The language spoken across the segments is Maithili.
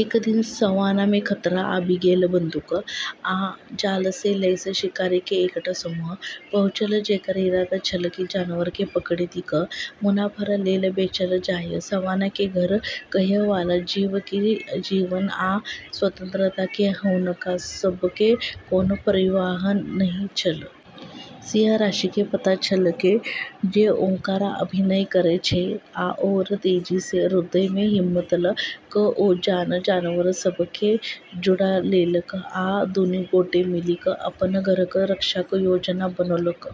एक दिन सवाना मे खतरा आबि गेल। बंदूक आ जाल सँ लैस शिकारी के एकटा समूह पहुँचल, जेकर इरादा छल जे जानवर केँ पकड़ि क' मुनाफा लेल बेचल जाए। सवाना केँ घर कहय वाला जीव के जीवन आ स्वतंत्रता के हुनका सब के कोनो परवाह नहि छल। सिंह राशि केँ पता छल जे ओकरा अभिनय करय छै, आओर तेजी सँ। हृदय मे हिम्मत ल' क' ओ आन जानवर सभ केँ जुटा लेलक, आ दुनू गोटे मिलिक' अपन घरक रक्षाक योजना बनौलक।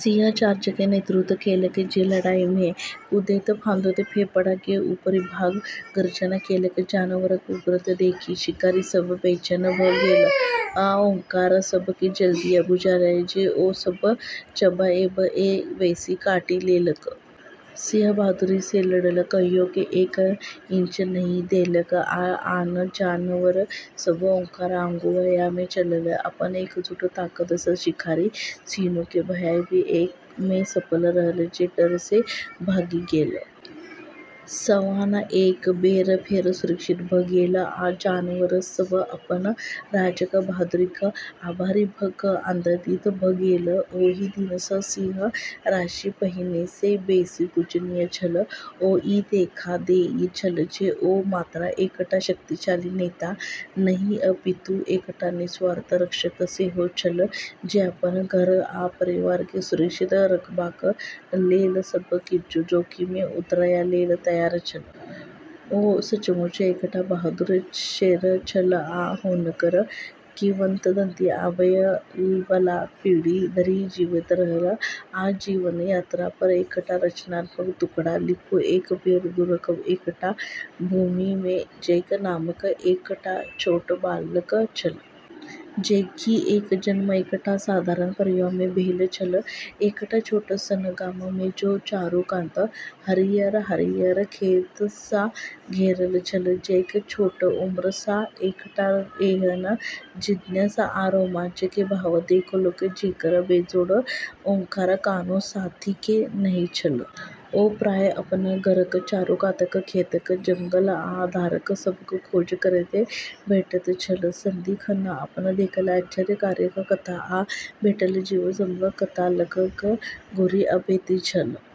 सिंह चार्ज के नेतृत्व केलक, जे लड़ाई मे कूदैत-फांदैत फेफड़ा के ऊपरी भाग सँ गर्जना केलक। जानवरक उग्रता देखि शिकारी सभ बेचैन भ' गेल, आ ओकरा सभ केँ जल्दिये बुझायल जे ओ सभ चबाएब सँ बेसी काटि लेलक। सिंह बहादुरी सँ लड़ल, कहियो एक इंच नहि देलक, आ आन जानवर सभ ओकर अगुवाई मे चलल। अपन एकजुट ताकत सँ शिकारी सिनी केँ भगाएब मे सफल रहल, जे डर सँ भागि गेल। सवाना एक बेर फेर सुरक्षित भ' गेल, आ जानवर सभ अपन राजाक बहादुरीक आभारी भ' क' आनन्दित भ' गेल। ओहि दिन सँ सिंह राशि पहिने सँ बेसी पूजनीय छल। ओ ई देखा देने छल जे ओ मात्र एकटा शक्तिशाली नेता नहि, अपितु एकटा निस्वार्थ रक्षक सेहो छल, जे अपन घर आ परिवार केँ सुरक्षित रखबाक लेल सब किछु जोखिम मे उतारय लेल तैयार छल। ओ सचमुच एकटा बहादुर शेर छल, आ हुनकर किंवदंती आबय बला पीढ़ी धरि जीवित रहल। आजीवन यात्रा पर एकटा रचनात्मक टुकड़ा लिखू। एक बेर दूरक एकटा भूमि मे जैक नामक एकटा छोट बालक छल। जैक के जन्म एकटा साधारण परिवार मे भेल छल, एकटा छोट सन गाम मे जे चारू कात हरियर-हरियर खेत सँ घेरल छल। जैक छोट उम्र सँ ही एकटा एहन जिज्ञासा आ रोमांच के भाव देखौलक जेकर बेजोड़ ओकर कोनो साथी के नहि छल। ओ प्रायः अपन घरक चारूकातक खेत, जंगल आ धार सभक खोज करैत भेटैत छल, सदिखन अपन देखल आश्चर्यक कथा, आ भेटल जीव सभक कथा ल' क' घुरि अबैत छल।